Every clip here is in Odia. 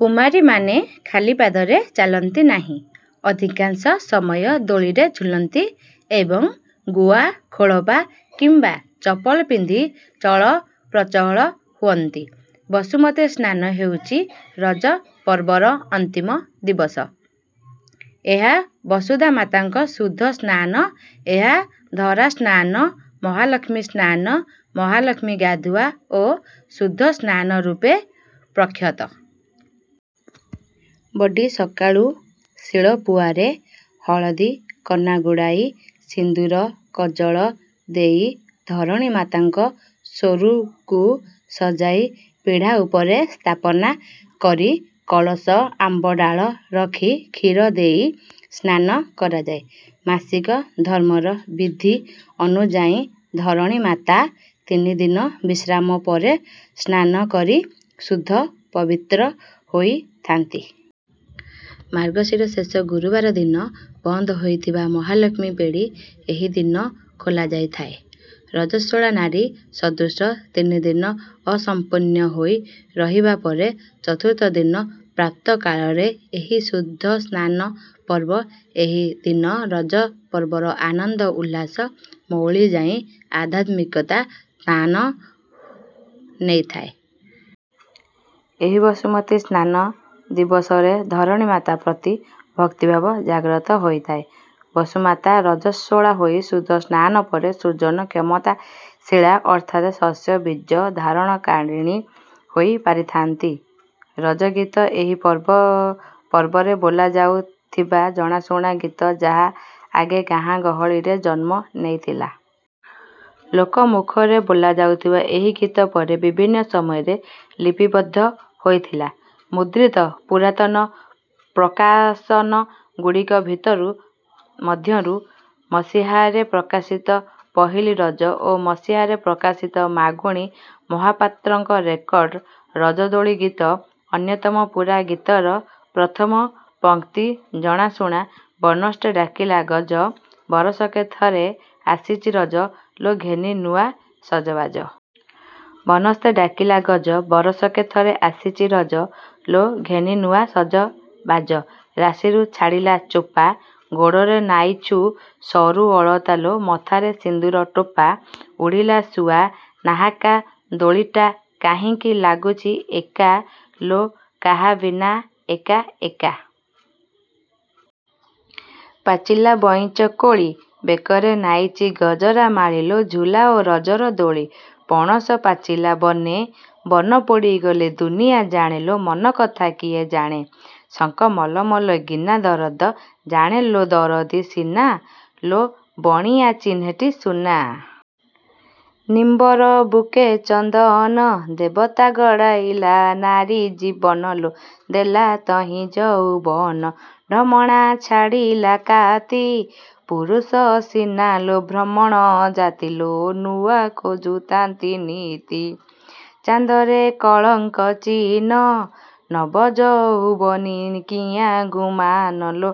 କୁମାରୀମାନେ ଖାଲି ପାଦରେ ଚାଲନ୍ତି ନାହିଁ, ଅଧିକାଂଶ ସମୟ ଦୋଳିରେ ଝୁଲନ୍ତି ଏବଂ ଗୁଆ ଖୋଳପା କିମ୍ବା ଚପଲ ପିନ୍ଧି ଚଳପ୍ରଚଳ ହୁଅନ୍ତି। ବସୁମତୀ ସ୍ନାନ ହେଉଛି ରଜ ପର୍ବର ଅନ୍ତିମ ଦିବସ। ଏହା ବସୁଧାମାତାଙ୍କ ଶୁଦ୍ଧ ସ୍ନାନ। ଏହା ଧରାସ୍ନାନ, ମହାଲକ୍ଷ୍ମୀ ସ୍ନାନ, ମହାଲକ୍ଷ୍ମୀ ଗାଧୁଆ ଓ ଶୁଦ୍ଧ ସ୍ନାନ ରୂପେ ପ୍ରଖ୍ୟାତ। ବଡ଼ି ସକାଳୁ ଶିଳପୁଆରେ ହଳଦୀ କନା ଗୁଡ଼ାଇ ସିନ୍ଦୂର, କଜଳ ଦେଇ ଧରଣୀ ମାତାଙ୍କ ସ୍ୱରୂକୁ ସଜାଇ ପିଢ଼ା ଉପରେ ସ୍ଥାପନା କରି କଳସ ଆମ୍ବ ଡ଼ାଳ ରଖି କ୍ଷୀର ଦେଇ ସ୍ନାନ କରାଯାଏ। ମାସିକ ଧର୍ମର ବିଧି ଅନୁଯାୟୀ ଧରଣୀ ମାତା ତିନିଦିନ ବିଶ୍ରାମ ପରେ ସ୍ନାନ କରି ଶୁଦ୍ଧ ପବିତ୍ର ହୋଇଥା'ନ୍ତି। ମାର୍ଗଶୀର ଶେଷ ଗୁରୁବାର ଦିନ ବନ୍ଦ ହୋଇଥିବା ମହାଲକ୍ଷ୍ମୀ ପେଡ଼ି ଏହି ଦିନ ଖୋଲାଯାଇଥାଏ। ରଜସ୍ୱଳାନାରୀ ସଦୃଶ ତିନିଦିନ ଅସ୍ପୃଶ୍ୟ ହୋଇ ରହିବାପରେ ଚତୁର୍ଥ ଦିନ ପ୍ରାତଃ କାଳରେ ଏହି ଶୁଦ୍ଧ ସ୍ନାନ ପର୍ବ। ଏହି ଦିନ ରଜପର୍ବର ଆନନ୍ଦ ଉଲ୍ଲାସ ମଉଳି ଯାଇ ଆଧ୍ୟାତ୍ମିକତା ସ୍ଥାନ ନେଇଥାଏ। ଏହି ବସୁମତୀ ସ୍ନାନ ଦିବସରେ ଧରଣୀ ମାତା ପ୍ରତି ଭକ୍ତିଭାବ ଜାଗ୍ରତ ହୋଇଥାଏ। ବସୁମାତା ରଜସ୍ୱଳା ହୋଇ ଶୁଦ୍ଧସ୍ନାନ ପରେ ସୃଜନ କ୍ଷମତାଶୀଳା ଅର୍ଥାତ ଶସ୍ୟ ବୀଜ ଧାରଣକାରିଣୀ ହୋଇପାରିଥାନ୍ତି। ରଜଗୀତ ଏହି ପର୍ବରେ ବୋଲା ଯାଉଥିବା ଜଣାଶୁଣା ଗୀତ ଯାହା ଆଗେ ଗାଆଁଗହଳିରେ ଜନ୍ମ ନେଇଥିଲା। ଲୋକ ମୁଖରେ ବୋଲାଯାଉଥିବା ଏହି ଗୀତ ପରେ ବିଭିନ୍ନ ସମୟରେ ଲିପିବଦ୍ଧ ହୋଇଥିଲା। ମୁଦ୍ରିତ ପୁରାତନ ପ୍ରକାଶନଗୁଡ଼ିକ ଭିତରୁ ମଧ୍ୟରୁ ମସିହାରେ ପ୍ରକାଶିତ ପହିଲି ରଜ ଓ ମସିହାରେ ପ୍ରକାଶିତ ମାଗୁଣୀ ମହାପାତ୍ରଙ୍କ ରେକର୍ଡ ରଜଦୋଳି ଗୀତ ଅନ୍ୟତମ। ପୂରା ଗୀତର ପ୍ରଥମ ପଙ୍କ୍ତି ଜଣାଶୁଣା: " ବନସ୍ତେ ଡାକିଲା ଗଜ, ବରଷକେ ଥରେ ଆସିଛି ରଜ ଲୋ, ଘେନି ନୂଆ ସଜବାଜ "। ବନସ୍ତେ ଡାକିଲା ଗଜ, ବରଷକେ ଥରେ ଆସିଛି ରଜ ଲୋ, ଘେନି ନୂଆ ସଜବାଜ। ରାଶିରୁ ଛାଡ଼ିଲା ଚୋପା, ଗୋଡ଼ରେ ନାଇଛୁ ସରୁ ଅଳତା ଲୋ, ମଥାରେ ସିନ୍ଦୂର ଟୋପା। ଉଡ଼ିଲା ଶୁଆ ନାହାକା, ଦୋଳିଟା କାହିଁକି ଲାଗୁଛି ଏକା ଲୋ, କାହା ବିନା ଏକା ଏକା। ପାଚିଲା ଭଇଁଚ କୋଳି, ବେକରେ ନାଇଚି ଗଜରା ମାଳି ଲୋ, ଝୁଲାଅ ରଜର ଦୋଳି। ପଣସ ପାଚିଲା ବନେ, ବନ ପୋଡ଼ିଗଲେ ଦୁନିଆ ଜାଣେ ଲୋ, ମନକଥା କିଏ ଜାଣେ। ଶଙ୍ଖ ମଲମଲ ଗିନା, ଦରଦ ଜାଣେଲୋ ଦରଦୀ ସିନା ଲୋ, ବଣିଆ ଚିହ୍ନେଟି ସୁନା। ନିମ୍ବର ବୁକେ ଚନ୍ଦନ, ଦେବତା ଗଢ଼ାଇଲା ନାରୀ ଜୀବନ ଲୋ, ଦେଲା ତହିଁ ଯଉବନ। ଢମଣା ଛାଡ଼ିଲା କାତି, ପୁରୁଷ ସିନାଲୋ ଭ୍ରମର ଜାତି ଲୋ, ନୂଆ ଖୋଜୁଥାନ୍ତି ନିତି। ଚାନ୍ଦରେ କଳଙ୍କ ଚିହ୍ନ, ନବ ଯଉବନି କିଆଁ ଗୁମାନ ଲୋ,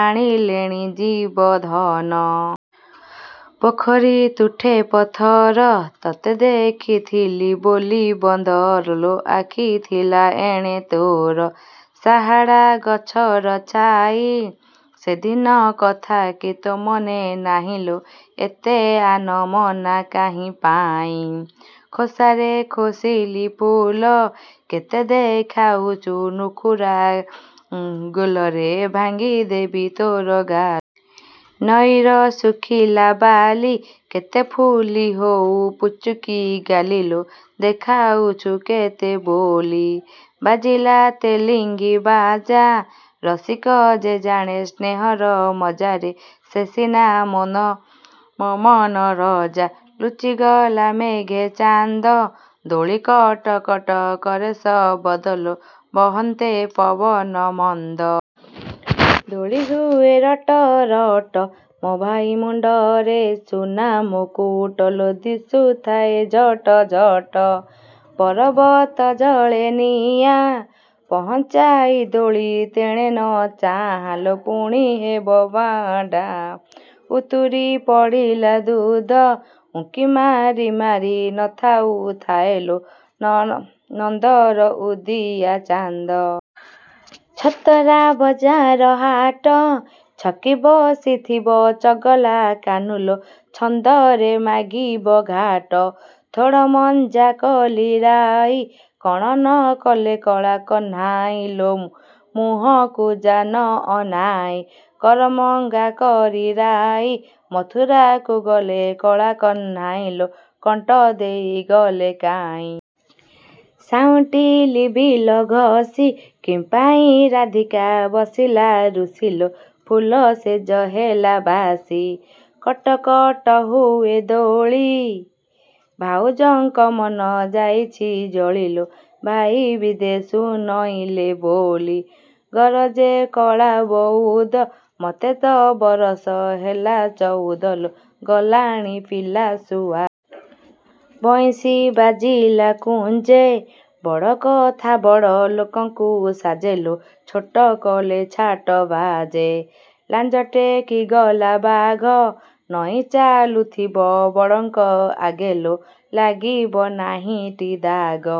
ଆସିଲେଣି ଜୀବ ଧନ। ପୋଖରୀ ତୁଠ ପଥର, ତତେ ଦେଖିଥିଲି ବାଲି ବନ୍ଧରେ ଲୋ, ଆଖି ଥିଲା ଏଣେ ତୋର। ସାହାଡ଼ା ଗଛର ଛାଇ, ସେଦିନ କଥାକି ତୋ ମନେ ନାଇଁ ଲୋ, ଏତେ ଆନମନା କାହିଁପାଇଁ। ଖୋସାରେ ଖୋସିଲି ଫୁଲ, କେତେ ଦେଖାଉଛୁ ନୁଖୁରା ଗେଲରେ, ଭାଙ୍ଗି ଦେବି ତୋର ଗାଲ। ନଈର ଶୁଖିଲା ବାଲି, କେତେ ଫୁଲି ହେଉ ପୁଚୁକିଗାଲି ଲୋ, ଦେଖାଉଛୁ କେତେ ବେଲି। ବାଜିଲା ତେଲିଙ୍ଗି ବାଜା, ରସିକ ଯେ ଜାଣେ ସ୍ନେହର ମଜା ରେ, ସେ ସିନା ମୋମନ ରଜା। ଲୁଚିଗଲା ମେଘେ ଚାନ୍ଦ, ଦୋଳି କଟକଟ କରେ ଶବଦ ଲୋ, ବହନ୍ତେ ପବନ ମନ୍ଦ। ଦୋଳି ହୁଏ ରଟରଟ, ମୋ ଭାଇ ମୁଣ୍ଡରେ ସୁନା ମୁକୁଟ ଲୋ, ଦିଶୁଥାଏ ଝଟଝଟ। ପରବତେ ଜଳେ ନିଆଁ, ପହଞ୍ଚାଇ ଦୋଳି ତେଣେ ନ ଚାହାଁ ଲୋ, ପୁଣି ହେବ ବାଆଁ ଡାଁ। ଉତୁରି ପଡ଼ିଲା ଦୁଧ, ଉଙ୍କି ମାରି ମାରି ଅନାଉ ଥାଏ ଲୋ, ନନ୍ଦର ଉଦିଆ ଚାନ୍ଦ। ଛତରା ବଜାର ହାଟ, ଛକି ବସିଥିବ ଚଗଲା କାହ୍ନୁଲୋ, ଛନ୍ଦରେ ମାଗିବ ଘାଟ। ଥୋଡ଼ମଞ୍ଜା କଲି ରାଇ, କଣ ନ କଲେ କଳା କହ୍ନାଇ ଲୋ, ମୁହଁକୁ ଯା ନ ଅନାଇ। କରମଙ୍ଗା କଲି ରାଇ, ମଥୁରାକୁ ଗଲେ କଳା କହ୍ନାଇ ଲୋ, କଣ୍ଟ ଦେଇ ଗଲେ କାହିଁ। ସାଉଁଟିଲି ବିଲ ଘଷି, କିମ୍ପାଇଁ ରାଧିକା ବସିଲା ରୁଷି ଲୋ, ଫୁଲ ଶେଜ ହେଲା ବାସି। କଟକଟ ହୁଏ ଦୋଳି, ଭାଉଜଙ୍କ ମନ ଯାଇଛି ଜଳି ଲୋ, ଭାଇ ବିଦେଷୁ ନଇଁଲେ ବୋଲି। ଗରଜେ କଳା ବଉଦ, ମୋତେ ତ ବରଷ ହେଲା ଚଉଦ ଲୋ, ଗଲାଣି ପିଲା ସୁଆଦ। ବଇଁଶୀ ବାଜିଲା କୁଞ୍ଜେ, ବଡ଼କଥା ବଡ଼ ଲୋକଙ୍କୁ ସାଜେ ଲୋ, ଛୋଟ କଲେ ଛାଟ ବାଜେ। ଲାଞ୍ଜ ଟେକିଗଲା ବାଘ, ନଇଁ ଚାଲୁଥିବ ବଡ଼ଙ୍କ ଆଗେ ଲୋ, ଲାଗିବ ନାହିଁଟି ଦାଗ।